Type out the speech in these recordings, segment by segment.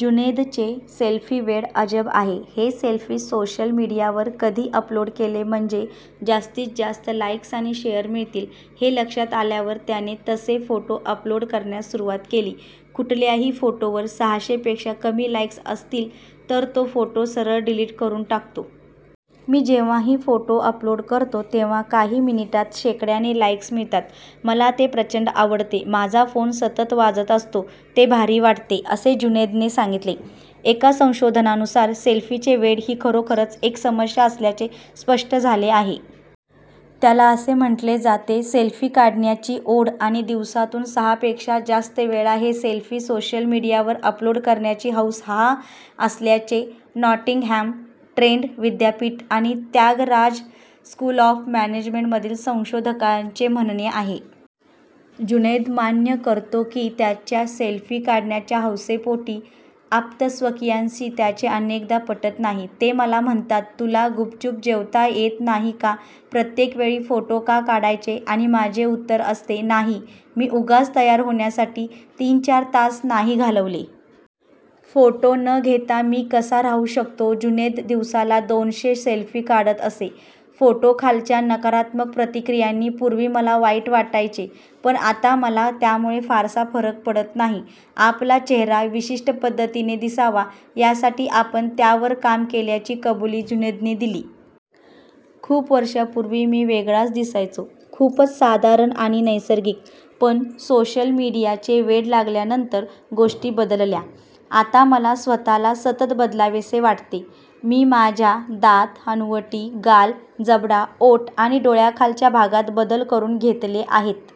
जुनैदचे सेल्फीवेड अजब आहे. हे सेल्फी सोशल मीडियावर कधी अपलोड केले म्हणजे जास्तीतजास्त लाइक्स आणि शेअर मिळतील, हे लक्षात आल्यावर त्याने तसे फोटो अपलोड करण्यास सुरुवात केली. कुठल्याही फोटोवर सहाशेपेक्षा कमी लाइक्स असतील तर तो फोटो सरळ डिलीट करून टाकतो. "मी जेव्हाही फोटो अपलोड करतो तेव्हा काही मिनिटांत शेकड्याने लाइक्स मिळतात. मला ते प्रचंड आवडते. माझा फोन सतत वाजत असतो. ते भारी वाटते," असे जुनैदने सांगितले. एका संशोधनानुसार सेल्फीचे वेड ही खरोखरच एक समस्या असल्याचे स्पष्ट झाले आहे. त्याला असे म्हटले जाते. सेल्फी काढण्याची ओढ आणि दिवसातून सहापेक्षा जास्त वेळा हे सेल्फी सोशल मीडियावर अपलोड करण्याची हौस हा '' असल्याचे नॉटिंगहॅम ट्रेंट विद्यापीठ आणि त्यागराज स्कूल ऑफ मॅनेजमेंटमधील संशोधकांचे म्हणणे आहे. जुनैद मान्य करतो की त्याच्या सेल्फी काढण्याच्या हौसेपोटी आप्तस्वकीयांशी त्याचे अनेकदा पटत नाही. "ते मला म्हणतात, 'तुला गुपचुप जेवता येत नाही का? प्रत्येक वेळी फोटो का काढायचे?'" "आणि माझे उत्तर असते 'नाही. मी उगाच तयार होण्यासाठी तीन-चार तास नाही घालवले.' फोटो न घेता मी कसा राहू शकतो?" जुनैद दिवसाला दोनशे सेल्फी काढत असे. फोटोखालच्या नकारात्मक प्रतिक्रियांनी पूर्वी मला वाईट वाटायचे. पण आता मला त्यामुळे फारसा फरक पडत नाही. आपला चेहरा विशिष्ट पद्धतीने दिसावा, यासाठी आपण त्यावर काम केल्याची कबुली जुनैदने दिली. "खूप वर्षांपूर्वी मी वेगळाच दिसायचो, खूपच साधारण आणि नैसर्गिक. पण सोशल मीडियाचे वेड लागल्यानंतर गोष्टी बदलल्या. आता मला स्वतःला सतत बदलावेसे वाटते." "मी माझ्या दात, हनुवटी, गाल, जबडा, ओठ आणि डोळ्यांखालच्या भागात बदल करून घेतले आहेत.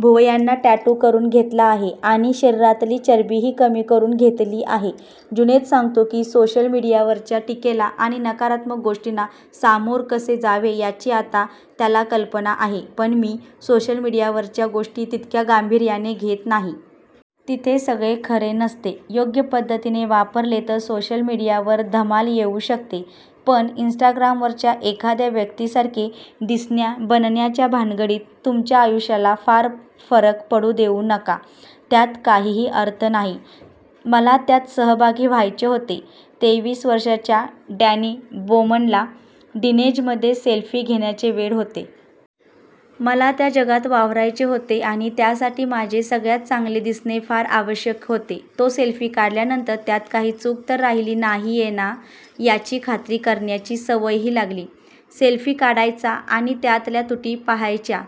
भुवयांना टॅटू करून घेतला आहे आणि शरीरातली चरबीही कमी करून घेतली आहे." जुनैद सांगतो की सोशल मीडियावरच्या टीकेला आणि नकारात्मक गोष्टींना सामोर कसे जावे, याची आता त्याला कल्पना आहे. "पण मी सोशल मीडियावरच्या गोष्टी तितक्या गांभीर्याने घेत नाही. तिथे सगळेच खरे नसते." "योग्य पद्धतीने वापरले तर सोशल मीडियावर धमाल येऊ शकते. पण इन्स्टाग्रामवरच्या एखाद्या व्यक्तीसारखे दिसण्या-बनण्याच्या भानगडीत तुमच्या आयुष्याला फार फरक पडू देऊ नका. त्यात काहीही अर्थ नाही." मला त्यात सहभागी व्हायचे होते - तेवीस वर्षांच्या डॅनी बोमनला टीनएजमध्ये सेल्फी घेण्याचे वेड होते. "मला त्या जगात वावरायचे होते. आणि त्यासाठी माझे सगळ्यांत चांगले दिसणे फार आवश्यक होते." तो सेल्फी काढल्यानंतर त्यात काही चूक तर राहिली नाहीये ना, याची खात्री करण्याची सवयही लागली. सेल्फी काढायचा आणि त्यातल्या त्रुटी पाहायच्या,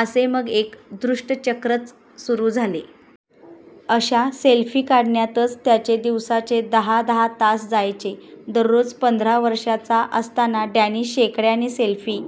असे मग एक दुष्टचक्रच सुरू झाले. अशा सेल्फी काढण्यातच त्याचे दिवसाचे दहा-दहा तास जायचे, दररोज! पंधरा वर्षांचा असताना डॅनी शेकड्याने सेल्फी